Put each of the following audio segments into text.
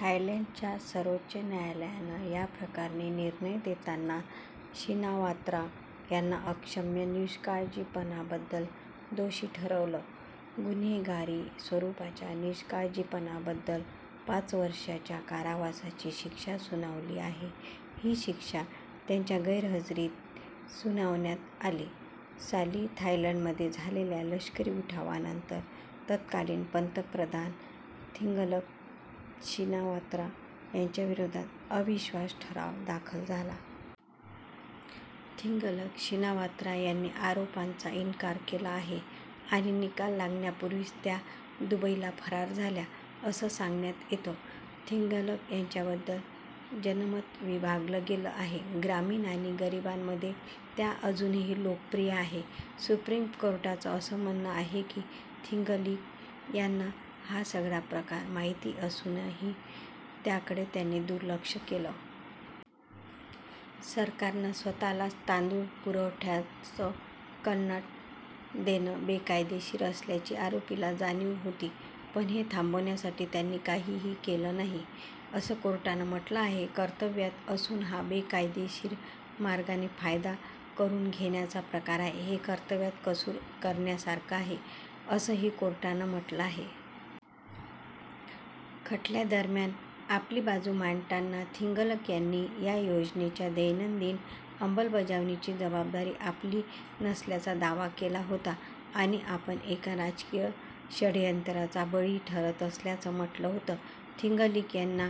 थायलंडच्या सर्वोच्च न्यायालयानं या प्रकरणी निर्णय देताना शिनावात्रा यांना अक्षम्य निष्काळजीपणाबद्दल दोषी ठरवलं. गुन्हेगारी स्वरूपाच्या निष्काळजीपणाबद्दल पाच वर्षाच्या कारावासाची शिक्षा सुनावली आहे. ही शिक्षा त्यांच्या गैरहजेरीत सुनावण्यात आली. साली थायलंडमध्ये झालेल्या लष्करी उठावानंतर तत्कालीन पंतप्रधान यिंगलक शिनावात्रा यांच्याविरोधात अविश्वास ठराव दाखल झाला. यिंगलक शिनावात्रा यांनी आरोपांचा इन्कार केला आहे आणि निकाल लागण्यापूर्वीच त्या दुबईला फरार झाल्या असं सांगण्यात येतं. यिंगलक यांच्याबद्दल जनमत विभागलं गेलं आहे. ग्रामीण आणि गरीबांमध्ये त्या अजूनही लोकप्रिय आहेत. सुप्रीम कोर्टाचं असं म्हणणं आहे की, यिंगलिक यांना हा सगळा प्रकार माहिती असूनही त्याकडे त्यांनी दुर्लक्ष केलं. सरकारनं स्वतःलाच तांदूळ पुरवठ्याचं कंत्राट देणं बेकायदेशीर असल्याची आरोपीला जाणीव होती. पण हे थांबवण्यासाठी त्यांनी काहीही केलं नाही, असं कोर्टानं म्हटलं आहे. कर्तव्यात कसूर हा बेकायदेशीर मार्गाने फायदा करून घेण्याचा प्रकार आहे. हे कर्तव्यात कसूर करण्यासारखं आहे, असंही कोर्टानं म्हटलं आहे. खटल्या दरम्यान, आपली बाजू मांडताना यिंगलक यांनी या योजनेच्या दैनंदिन अंमलबजावणीची जबाबदारी आपली नसल्याचा दावा केला होता आणि आपण एका राजकीय षड्यंत्राचा बळी ठरत असल्याचं म्हटलं होतं. यिंगलिक यांना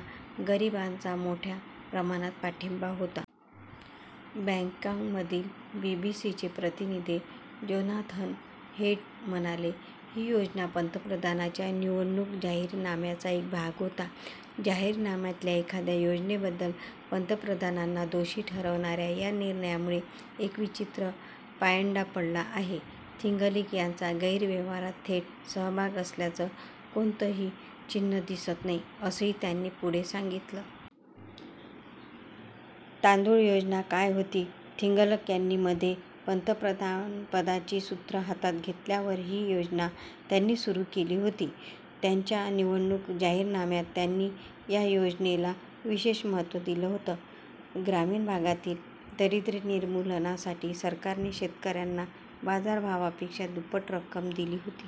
गरिबांचा मोठ्या प्रमाणात पाठिंबा होता. बॅंकॉकमधील बीबीसीचे प्रतिनिधी जोनाथन हेड म्हणाले, ही योजना पंतप्रधानांच्या निवडणूक जाहीरनाम्याचा एक भाग होता. जाहीरनाम्यातल्या एखाद्या योजनेबद्दल पंतप्रधानांना दोषी ठरवणाऱ्या या निर्णयामुळे एक विचित्र पायंडा पडला आहे. यिंगलक यांचा गैरव्यवहारात थेट सहभाग असल्याचं कोणतंही चिन्हं दिसत नाही, असंही त्यांनी पुढे सांगितलं. तांदूळ योजना काय होती? यिंगलक यांनी मध्ये पंतप्रधानपदाची सूत्रं हातात घेतल्यावर ही योजना त्यांनी सुरू केली होती. त्यांच्या निवडणूक जाहीरनाम्यात त्यांनी या योजनेला विशेष महत्त्व दिलं होतं. ग्रामीण भागातील दारिद्र्य निर्मूलनासाठी सरकारने शेतकऱ्यांना बाजारभावापेक्षा दुप्पट रक्क्म दिली होती.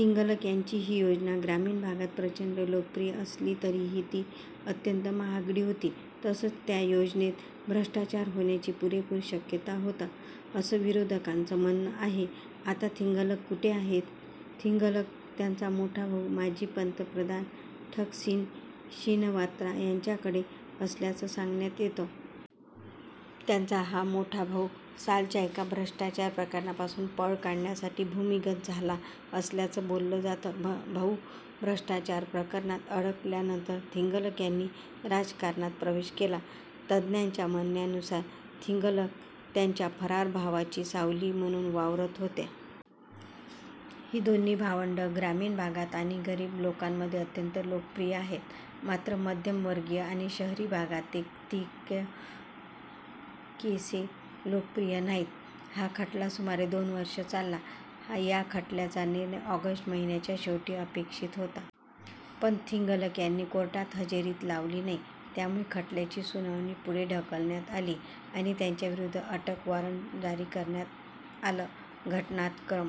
यिंगलक यांची ही योजना ग्रामीण भागात प्रचंड लोकप्रिय असली तरीही ती अत्यंत महागडी होती. तसंच त्या योजनेत भ्रष्टाचार होण्याची पुरेपूर शक्यता होता, असं विरोधकांचं म्हणणं आहे. आता यिंगलिक कुठे आहेत? यिंगलक त्यांचा मोठा भाऊ माजी पंतप्रधान ठकसिन शिनवात्रा यांच्याकडे असल्याचं सांगण्यात येतं. त्यांचा हा मोठा भाऊ सालच्या एका भ्रष्टाचार प्रकरणापासून पळ काढण्यासाठी भूमिगत झाला असल्याचं बोललं जातं. भाऊ भ्रष्टाचार प्रकरणात अडकल्यानंतर यिंगलक यांनी राजकारणात प्रवेश केला. तज्ज्ञांच्या म्हणण्यानुसार यिंगलक त्यांच्या फरार भावाची सावली म्हणून वावरत होत्या. ही दोन्ही भावंडं ग्रामीण भागात आणि गरीब लोकांमध्ये अत्यंत लोकप्रिय आहेत. मात्र मध्यमवर्गीय आणि शहरी भागात ते तितकेसे लोकप्रिय नाहीत. हा खटला सुमारे दोन वर्षं चालला. या खटल्याचा निर्णय ऑगस्ट महिन्याच्या शेवटी अपेक्षित होता. पण यिंगलक यांनी कोर्टात हजेरीच लावली नाही. त्यामुळे खटल्याची सुनावणी पुढे ढकलण्यात आली आणि त्यांच्याविरूद्ध अटक वॉरंट जारी करण्यात आलं. घटनाक्रम